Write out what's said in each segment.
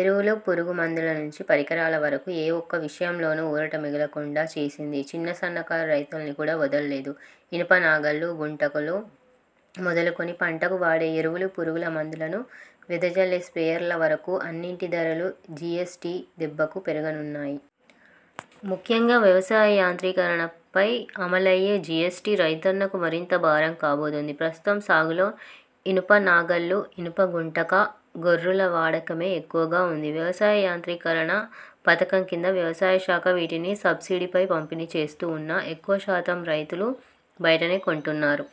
ఎరువులు, పురుగు మందుల నుంచి పరికరాల వరకూ ఏ ఒక్క విషయంలోనూ ఊరట మిగలకుండా చేసింది. చిన్న సన్నకారు రైతుల్ని కూడా వదల్లేదు. ఇనుప నాగళ్లు, గుంటకలు మొదలుకుని పంటకు వాడే ఎరువులు, పురుగుల మందులను వెదజల్లే స్ర్పేయర్ల వరకూ అన్నింటి ధరలూ జీఎ్సటీ దెబ్బకు పెరగనున్నాయి. ముఖ్యంగా వ్యవసాయ యాంత్రీకరణపై అమలయ్యే జీఎస్టీ రైతన్నకు మరింత భారం కాబోతోంది. ప్రస్తుతం సాగులో ఇనుప నాగళ్లు, ఇనుప గుంటక, గొర్రుల వాడకమే ఎక్కువగా ఉంది. వ్యవసాయ యాంత్రీకరణ పథకం కింద వ్యవసాయ శాఖ వీటిని సబ్సిడీపై పంపిణీ చేస్తూ ఉన్నా ఎక్కువ శాతం రైతులు బయటనే కొంటున్నారు.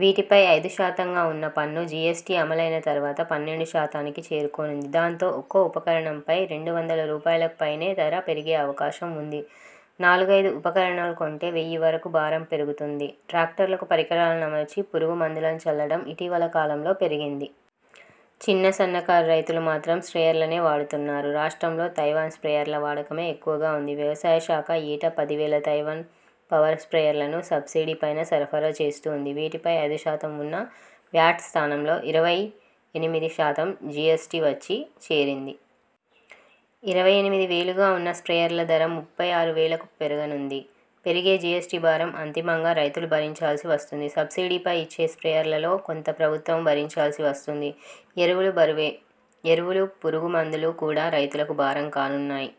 వీటిపై ఐదు శాతంగా ఉన్న పన్ను జీఎస్టీ అమలైన తర్వాత పన్నెండు శాతానికి చేరుకోనుంది దాంతో ఒక్కో ఉపకరణంపై రెండు వందల రూపాయలుకు పైనే ధర పెరిగే అవకాశం ఉంది నాలుగైదు ఉపకరణాలు కొంటే వెయ్యి వరకు భారం పెరుగుతుంది. ట్రాక్టర్లకు పరికరాలను అమర్చి పురుగు మందులను చల్లడం ఇటీవల కాలంలో పెరిగింది. చిన్న, సన్నకారు రైతులు మాత్రం స్ర్పేయర్లనే వాడుతున్నారు. రాష్ట్రంలో తైవాన్ స్ర్పేయర్ల వాడకమే ఎక్కువగా ఉంది. వ్యవసాయ శాఖ ఏటా పది వేల తైవాన్ పవర్ స్ర్పేయర్లను సబ్సిడీ పైన సరఫరా చేస్తూ ఉంది. వీటిపై ఐదు శాతం ఉన్న వ్యాట్ స్థానంలో ఇరవై ఎనిమిది శాతం జీఎ్సటీ వచ్చి చేరింది. ఇరవై ఎనిమిది వేలుగా ఉన్న స్ర్పేయర్ల ధర ముప్పై ఆరు వేల వరకు పెరగనుంది. పెరిగే జీఎస్టీ భారం అంతిమంగా రైతులు భరించాల్సి వస్తుంది. సబ్సిడీపై ఇచ్చే స్ర్పేయర్లలో కొంత ప్రభుత్వమూ భరించాల్సి వస్తుంది. ఎరువులూ బరువే ఎరువులు, పురుగు మందులు కూడా రైతులకు భారం కానున్నాయి.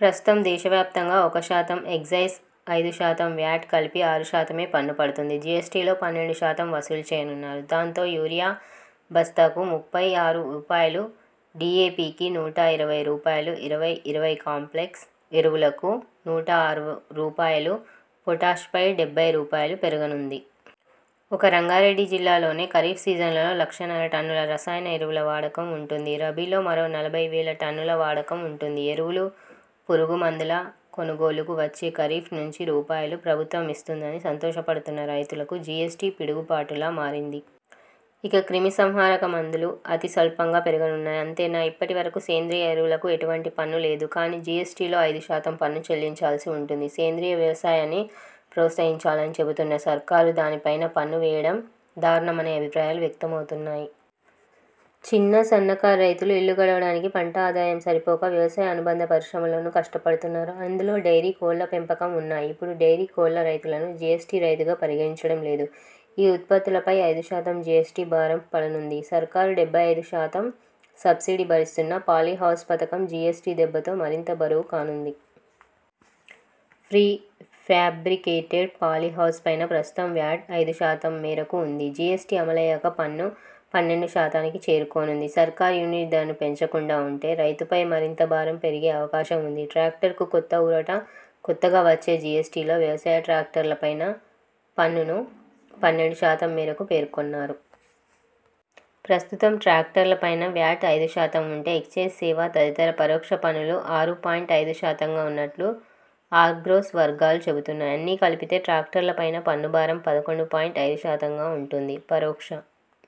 ప్రస్తుతం దేశవ్యాప్తంగా ఒక శాతం ఎక్సైజ్, ఐదు శాతం వ్యాట్ కలిపి ఆరు శాతమే పన్ను పడుతోంది. జీఎస్టీలో పన్నెండు శాతం వసూలు చేయనున్నారు. దాంతో, యూరియా బస్తాకు ముప్పై ఆరు రూపాయలు డీఏపీకి నూట ఇరవై రూపాయలు ఇరవై ఇరవై కాంప్లెక్స్ ఎరువులకు నూట ఆరు రూపాయలు పొటాష్ పై డెబ్బై రూపాయలు పెరగనుంది. ఒక్క రంగారెడ్డి జిల్లాలోనే ఖరీఫ్ సీజన్లో లక్షన్నర టన్నుల రసాయన ఎరువుల వాడకం ఉంటుంది. రబీలో మరో నలభై వేల టన్నుల వాడకం ఉంటుంది. ఎరువులు, పురుగు మందుల కొనుగోలుకు వచ్చే ఖరీఫ్ నుంచి రూపాయలు. ప్రభుత్వం ఇస్తుందని సంతోషపడుతున్న రైతులకు, జీఎస్టీ పిడుగు పాటులా మారింది. ఇక, క్రిమి సంహారక మందులు అతి స్వల్పంగా పెరగనున్నాయి. అంతేనా, ఇప్పటి వరకూ సేంద్రియ ఎరువులకు ఎటువంటి పన్ను లేదు. కానీ, జీఎస్టీ లో ఐదు శాతం పన్ను చెల్లించాల్సి ఉంటుంది. సేంద్రియ వ్యవసాయాన్ని ప్రోత్సహించాలని చెబుతున్న సర్కారు దాని పైనా పన్ను వేయడం దారుణమనే అభిప్రాయాలు వ్యక్తమవుతున్నాయి. చిన్న, సన్నకారు రైతులు ఇల్లు గడవటానికి పంట ఆదాయం సరిపోక వ్యవసాయ అనుబంధ పరిశ్రమల్లోనూ కష్టపడుతున్నారు. అందులో డెయిరీ, కోళ్ల పెంపకం ఉన్నాయి. ఇప్పుడు డెయిరీ, కోళ్ల రైతులను జీఎస్టీ రైతుగా పరిగణించడం లేదు. ఈ ఉత్పత్తులపై ఐదు శాతం జీఎస్టీ భారం పడనుంది. సర్కారు డెబ్బై ఐదు శాతం సబ్సిడీ భరిస్తున్నా పాలీహౌస్ పథకం జీఎస్టీ దెబ్బతో మరింత బరువు కానుంది. ప్రీ ఫ్యాబ్రికేటెడ్ పాలీ హౌస్ పైన ప్రస్తుతం వ్యాట్ ఐదు శాతం మేరకు ఉంది. జీఎస్టీ అమలయ్యాక పన్ను పన్నెండు శాతానికి చేరుకోనుంది. సర్కారు యూనిట్ ధరను పెంచకుండా ఉంటే రైతుపై మరింత భారం పెరిగే అవకాశం ఉంది. ట్రాక్టర్కు కొంత ఊరట కొత్తగా వచ్చే జీఎస్టీలో వ్యవసాయ ట్రాక్టర్ల పైన పన్నును పన్నెండు శాతం మేరకు పేర్కొన్నారు. ప్రస్తుతం ట్రాక్టర్ల పైన వ్యాట్ ఐదు శాతం ఉంటే., ఎక్సయిజ్, సేవా తదితర పరోక్ష పన్నులు ఆరు పాయింట్ ఐదు శాతంగా ఉన్నట్లు ఆగ్రోస్ వర్గాలు చెబుతున్నాయి. అన్నీ కలిపితే ట్రాక్టర్ల పై పన్ను భారం పదకొండు పాయింట్ ఐదు శాతంగా ఉంటుంది. పరోక్ష